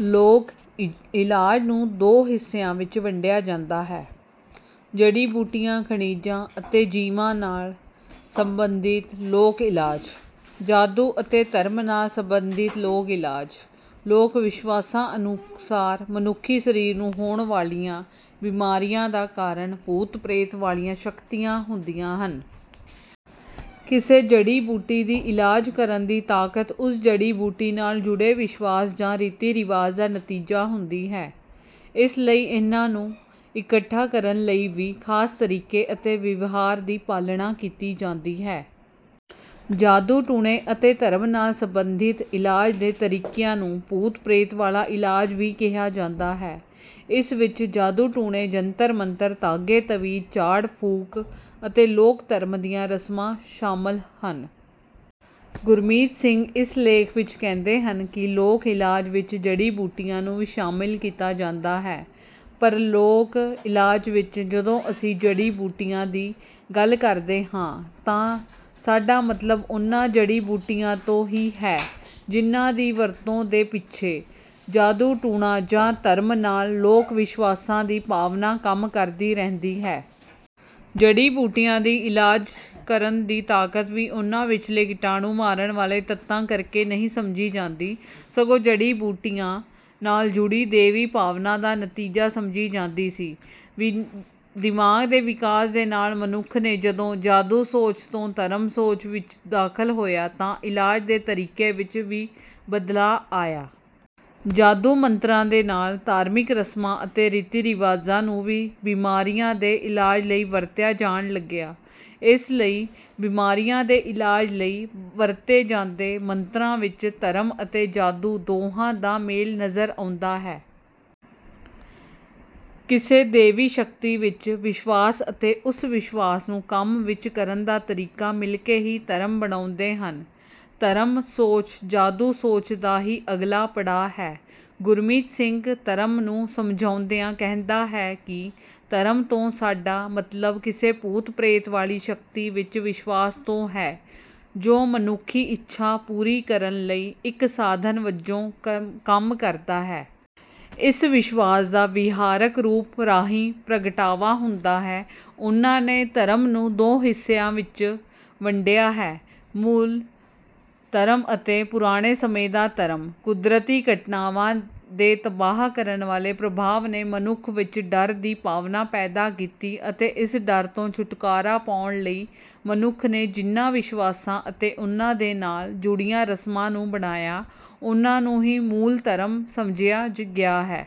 ਲੋਕ ਇਲਾਜ ਨੂੰ ਦੋ ਹਿੱਸਿਆਂ ਵਿੱਚ ਵੰਡਿਆ ਜਾਂਦਾ ਹੈ। ਜੜੀ ਬੂਟੀਆਂ ਖਣਿਜਾਂ ਅਤੇ ਜੀਵਾਂ ਨਾਲ ਸਬੰਧਿਤ ਲੋਕ ਇਲਾਜ। ਜਾਦੂ ਅਤੇ ਧਰਮ ਨਾਲ ਸਬੰਧਿਤ ਲੋਕ ਇਲਾਜ। ਲੋਕ ਵਿਸ਼ਵਾਸਾਂ ਅਨੁਸਾਰ ਮਨੁੱਖੀ ਸਰੀਰ ਨੂੰ ਹੋਣ ਵਾਲੀਆਂ ਬਿਮਾਰੀਆਂ ਦਾ ਕਾਰਨ ਭੂਤ ਪ੍ਰੇਤ ਵਾਲੀਆਂ ਸ਼ਕਤੀਆਂ ਹੁੰਦੀਆਂ ਹਨ। ਕਿਸੇ ਜੜੀ ਬੂਟੀ ਦੀ ਇਲਾਜ ਕਰਨ ਦੀ ਤਾਕਤ ਉਸ ਜੜੀ ਬੂਟੀ ਨਾਲ ਜੁੜੇ ਵਿਸ਼ਵਾਸ ਜਾਂ ਰੀਤੀ ਰਿਵਾਜ ਦਾ ਨਤੀਜਾ ਹੁੰਦੀ ਹੈ। ਇਸ ਲਈ ਇਨ੍ਹਾਂ ਨੂੰ ਇਕੱਠਾ ਕਰਨ ਲਈ ਵੀ ਖਾਸ ਤਰੀਕੇ ਅਤੇ ਵਿਵਹਾਰ ਦੀ ਪਾਲਣਾ ਕੀਤੀ ਜਾਂਦੀ ਹੈ। ਜਾਦੂ ਟੂਣੇ ਅਤੇ ਧਰਮ ਨਾਲ ਸਬੰਧਿਤ ਇਲਾਜ ਦੇ ਤਰੀਕਿਆਂ ਨੂੰ ਭੂਤ ਪ੍ਰੇਤ ਵਾਲਾ ਇਲਾਜ ਵੀ ਕਿਹਾ ਜਾਂਦਾ ਹੈ। ਇਸ ਵਿੱਚ ਜਾਦੂ ਟੂਣੇ ਜੰਤਰ ਮੰਤਰ ਧਾਗੇ ਤਵੀਤ ਝਾੜ ਫੂਕ ਅਤੇ ਲੋਕ ਧਰਮ ਦੀਆਂ ਰਸਮਾਂ ਸ਼ਾਮਿਲ ਹਨ। ਗੁਰਮੀਤ ਸਿੰਘ ਇਸ ਲੇਖ ਵਿੱਚ ਕਹਿੰਦੇ ਹਨ ਕਿ ਲੋਕ ਇਲਾਜ ਵਿੱਚ ਜੜੀ ਬੂਟੀਆਂ ਨੂੰ ਵੀ ਸ਼ਾਮਿਲ ਕੀਤਾ ਜਾਂਦਾ ਹੈ। ਪਰ ਲੋਕ ਇਲਾਜ ਵਿੱਚ ਜਦੋਂ ਅਸੀਂ ਜੜੀ ਬੂਟੀਆਂ ਦੀ ਗੱਲ ਕਰਦੇ ਹਾਂ ਤਾਂ ਸਾਡਾ ਮਤਲਬ ਉਨ੍ਹਾਂ ਜੜੀ ਬੂਟੀਆਂ ਤੋਂ ਹੀ ਹੈ ਜਿਨ੍ਹਾਂ ਦੀ ਵਰਤੋਂ ਦੇ ਪਿੱਛੇ ਜਾਦੂ ਟੂਣਾ ਜਾਂ ਧਰਮ ਨਾਲ ਲੋਕ ਵਿਸ਼ਵਾਸਾਂ ਦੀ ਭਾਵਨਾ ਕੰਮ ਕਰਦੀ ਰਹਿੰਦੀ ਹੈ। ਜੜੀ ਬੂਟੀਆਂ ਦੀ ਇਲਾਜ ਕਰਨ ਦੀ ਤਾਕਤ ਵੀ ਉਨ੍ਹਾਂ ਵਿੱਚਲੇ ਕੀਟਾਣੂ ਮਾਰਨ ਵਾਲੇ ਤੱਤਾਂ ਕਰਕੇ ਨਹੀਂ ਸਮਝੀ ਜਾਂਦੀ ਸਗੋਂ ਜੜੀ ਬੂਟੀਆਂ ਨਾਲ ਜੁੜੀ ਦੇਵੀ ਭਾਵਨਾ ਦਾ ਨਤੀਜਾ ਸਮਝੀ ਜਾਂਦੀ ਸੀ। ਦਿਮਾਗ ਦੇ ਵਿਕਾਸ ਦੇ ਨਾਲ ਮਨੁੱਖ ਨੇ ਜਦੋਂ ਜਾਦੂ ਸੋਚ ਤੋਂ ਧਰਮ ਸੋਚ ਵਿੱਚ ਦਾਖਲ ਹੋਇਆ ਤਾਂ ਇਲਾਜ ਦੇ ਤਰੀਕੇ ਵਿੱਚ ਵੀ ਬਦਲਾਅ ਆਇਆ। ਜਾਦੂ ਮੰਤਰਾਂ ਦੇ ਨਾਲ ਧਾਰਮਿਕ ਰਸਮਾਂ ਅਤੇ ਰੀਤੀ ਰਿਵਾਜਾਂ ਨੂੰ ਵੀ ਬਿਮਾਰੀਆਂ ਦੇ ਇਲਾਜ ਲਈ ਵਰਤਿਆ ਜਾਣ ਲੱਗਿਆ। ਇਸ ਲਈ ਬਿਮਾਰੀਆਂ ਦੇ ਇਲਾਜ ਲਈ ਵਰਤੇ ਜਾਂਦੇ ਮੰਤਰਾਂ ਵਿੱਚ ਧਰਮ ਅਤੇ ਜਾਦੂ ਦੋਹਾਂ ਦਾ ਮੇਲ ਨਜ਼ਰ ਆਉਂਦਾ ਹੈ। ਕਿਸੇ ਦੇਵੀ ਸ਼ਕਤੀ ਵਿੱਚ ਵਿਸ਼ਵਾਸ ਅਤੇ ਉਸ ਵਿਸ਼ਵਾਸ ਨੂੰ ਕੰਮ ਵਿੱਚ ਕਰਨ ਦਾ ਤਰੀਕਾ ਮਿਲਕੇ ਹੀ ਧਰਮ ਬਣਾਉਂਦੇ ਹਨ। ਧਰਮ ਸੋਚ ਜਾਦੂ ਸੋਚ ਦਾ ਹੀ ਅਗਲਾ ਪੜਾਅ ਹੈ। ਗੁਰਮੀਤ ਸਿੰਘ ਧਰਮ ਨੂੰ ਸਮਝਾਉਂਦਿਆਂ ਕਹਿੰਦਾ ਹੈ ਕਿ ਧਰਮ ਤੋਂ ਸਾਡਾ ਮਤਲਬ ਕਿਸੇ ਭੂਤ ਪ੍ਰੇਤ ਵਾਲੀ ਸ਼ਕਤੀ ਵਿੱਚ ਵਿਸ਼ਵਾਸ ਤੋਂ ਹੈ ਜੋ ਮਨੁੱਖੀ ਇੱਛਾ ਪੂਰੀ ਕਰਨ ਲਈ ਇੱਕ ਸਾਧਨ ਵਜੋਂ ਕੰਮ ਕਰਦਾ ਹੈ। ਇਸ ਵਿਸ਼ਵਾਸ ਦਾ ਵਿਹਾਰਕ ਰੂਪ ਰਾਹੀਂ ਪ੍ਰਗਟਾਵਾ ਹੁੰਦਾ ਹੈ। ਉਨ੍ਹਾਂ ਨੇ ਧਰਮ ਨੂੰ ਦੋ ਹਿੱਸਿਆਂ ਵਿੱਚ ਵੰਡਿਆ ਹੈ ਮੂਲ ਧਰਮ ਅਤੇ ਪੁਰਾਣੇ ਸਮੇਂ ਦਾ ਧਰਮ। ਕੁਦਰਤੀ ਘਟਨਾਵਾਂ ਦੇ ਤਬਾਹ ਕਰਨ ਵਾਲੇ ਪ੍ਰਭਾਵ ਨੇ ਮਨੁੱਖ ਵਿੱਚ ਡਰ ਦੀ ਭਾਵਨਾ ਪੈਦਾ ਕੀਤੀ ਅਤੇ ਇਸ ਡਰ ਤੋਂ ਛੁਟਕਾਰਾ ਪਾਉਣ ਲਈ ਮਨੁੱਖ ਨੇ ਜਿਨ੍ਹਾਂ ਵਿਸ਼ਵਾਸਾਂ ਅਤੇ ਉਨ੍ਹਾਂ ਦੇ ਨਾਲ ਜੁੜੀਆਂ ਰਸਮਾਂ ਨੂੰ ਬਣਾਇਆ ਉਨ੍ਹਾਂ ਨੂੰ ਹੀ ਮੂਲ ਧਰਮ ਸਮਝਿਆ ਗਿਆ ਹੈ।